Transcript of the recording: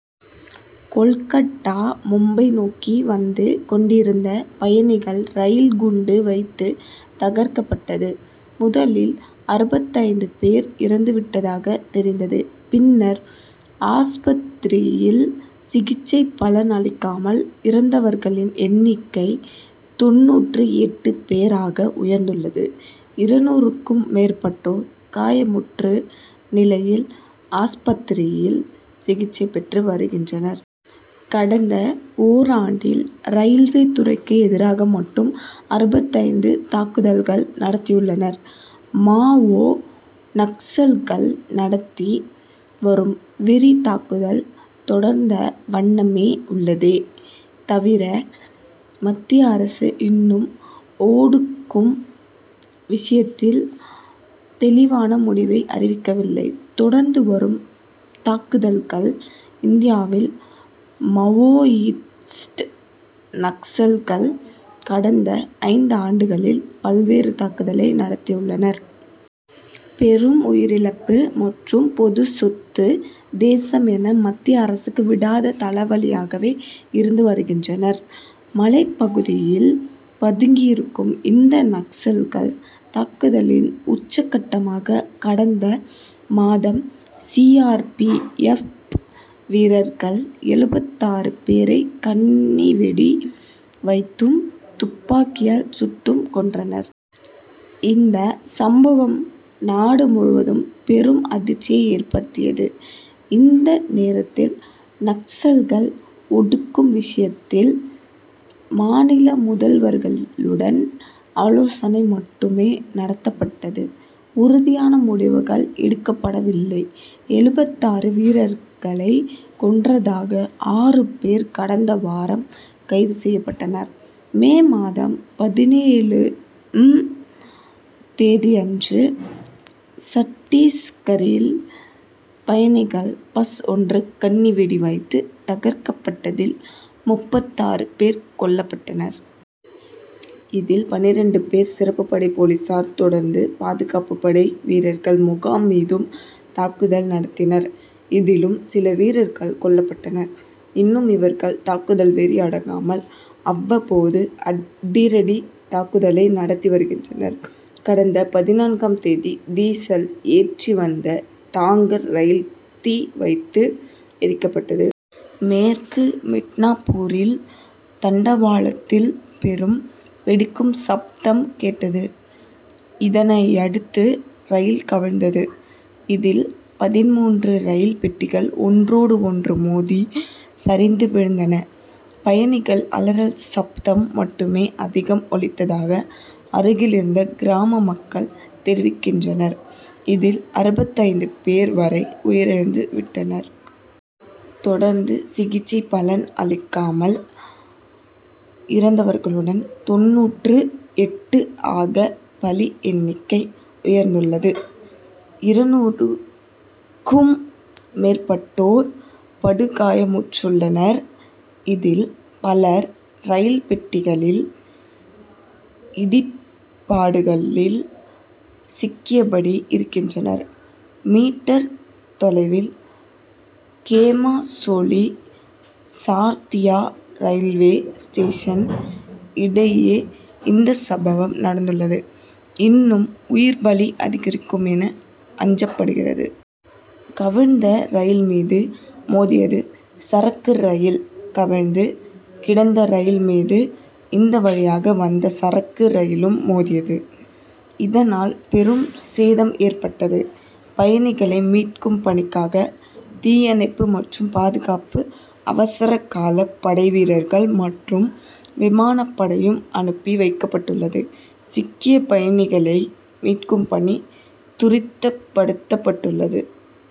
கொல்கட்டா மும்பை நோக்கி வந்து கொண்டிருந்த பயணிகள் ரயில் குண்டு வைத்து தகர்க்கப்பட்டது. முதலில் அறுபத்து ஐந்து பேர் இறந்து விட்டதாக தெரிந்தது. பின்னர் ஆஸ்பத்திரியில் சிகிச்சை பலன் அளிக்காமல் இறந்தவர்களின் எண்ணிக்கை தொண்ணூற்றி எட்டு பேர் ஆக உயர்ந்துள்ளது. இருநூறுக்கும் மேற்பட்டோர் காயமுற்று நிலையில் ஆஸ்பத்திரியில் சிகிச்சை பெற்று வருகின்றனர். கடந்த ஓராண்டில் ரயில்வே துறைக்கு எதிராக மட்டும் அறுபத்து ஐந்து தாக்குதல்கள் நடத்தியுள்ளனர். மாவோ. நக்சல்கள் நடத்தி வரும் வெறி தாக்குதல் தொடர்ந்த வண்ணமே உள்ளதே தவிர மத்திய அரசு இன்னும் ஓடுக்கும் விஷயத்தில் தெளிவான முடிவை அறிவிக்கவில்லை. தொடர்ந்து வரும் தாக்குதல்கள் இந்தியாவில் மவோயிஸ்ட் நக்சல்கள் கடந்த ஐந்து ஆண்டுகளில் பல்வேறு தாக்குதலை நடத்தியுள்ளனர். பெரும் உயிரிழப்பு மற்றும் பொதுச்சொத்து தேசம் என மத்திய அரசுக்கு விடாத தலைவலியாகவே இருந்து வருகின்றனர். மலைப்பகுதியில் பதுங்கி இருக்கும் இந்த நக்சல்கள் தாக்குதலின் உச்சக்கட்டமாக கடந்த மாதம் சி. ஆர். பி. எஃப் வீரர்கள் எழுவத்து ஆறு பேரை கண்ணி வெடி வைத்தும் துப்பாக்கியால் சுட்டும் கொன்றனர். இந்த சம்பவம் நாடு முழுவதும் பெரும் அதிர்ச்சியை ஏற்படுத்தியது. இந்தநேரத்தில் நக்சல்கள் ஒடுக்கும் விஷயத்தில் மாநில முதல்வர்கள் உடன் ஆலோசனை மட்டுமே நடத்தப்பட்டது. உறுதியான முடிவுகள் எடுக்கப்படவில்லை. எழுபத்து ஆறு வீரர்களை கொன்றதாக ஆறு பேர் கடந்த வாரம் கைது செய்யப்பட்டனர். மே மாதம் பதினேழு ம் தேதியன்று சட்டீஸ்கரில் பயணிகள் பஸ் ஒன்று கண்ணி வெடி வைத்து தகர்க்கப்பட்டதில் முப்பத்து ஆறு பேர் கொல்லப்ட்டனர். இதில் பன்னிரண்டு பேர் சிறப்பு படை போலீசார். தொடர்ந்து பாதுகாப்பு படை வீரர்கள் முகாம் மீதும் தாக்குதல் நடத்தினர், இதிலும் சில வீரர்கள் கொல்லப்பட்டனர். இன்னும் இவர்கள் தாக்குதல் வெறி அடங்காமல் அவ்வப்போது அதிரடி தாக்குதலை நடத்தி வருகின்றனர். கடந்த பதினான்காம் தேதி டீசல் ஏற்றிவந்த டாங்கர் ரயில் தீ வைத்து எரிக்கப்பட்டது. மேற்கு மிட்னாபூரில் தண்டவாளத்தில் பெரும் வெடிக்கும் சப்தம் கேட்டது. இதனையடுத்து ரயில் கவிழ்ந்தது. இதில் பதின்மூன்று ரயில் பெட்டிகள் ஒன்றோடு ஒன்று மோதி சரிந்து விழுந்தன. பயணிகள் அலறல் சப்தம் மட்டுமே அதிகம் ஒலித்ததாக அருகில் இருந்த கிராம மக்கள் தெரிவிக்கின்றனர். இதில் அறுபத்து ஐந்து பேர் வரை உயிரிழந்து விட்டனர். தொடர்ந்து சிகிச்சை பலன் அளிக்காமல் இறந்தவர்களுடன் தொண்ணூற்று எட்டு ஆக பலி எண்ணிக்கை உயர்ந்துள்ளது. இருநூறு க்கும் மேற்பட்டோர் படுகாயமுற்றுள்ளனர். இதில் பலர் ரயில் பெட்டிகளில் இடிபாடுகளில் சிக்கியபடி இருக்கின்றனர். மீட்டர் தொலைவில் கேமாசோலி, சார்தியா ரயில்வே ஸ்டேஷன் இடையே இந்த சம்பவம் நடந்துள்ளது. இன்னும் உயிர்ப்பலி அதிகரிக்கும் என அஞ்சப்படுகிறது. கவிழ்ந்த ரயில் மீது மோதியது சரக்கு ரயில் கவிழ்ந்து கிடந்த ரயில்மீது இந்த வழியாக வந்த சரக்கு ரயிலும் மோதியது. இதனால் பெரும் சேதம் ஏற்பட்டது. பயணிகளை மீட்கும் பணிக்காக தீயணைப்பு மற்றும் பாதுகாப்பு அவசரகால படை வீரர்கள் மற்றும் விமான படையும் அனுப்பி வைக்கப்பட்டுள்ளது. சிக்கிய பயணிகளை மீட்கும் பணி துரித்தப்படுத்தப்பட்டுள்ளது.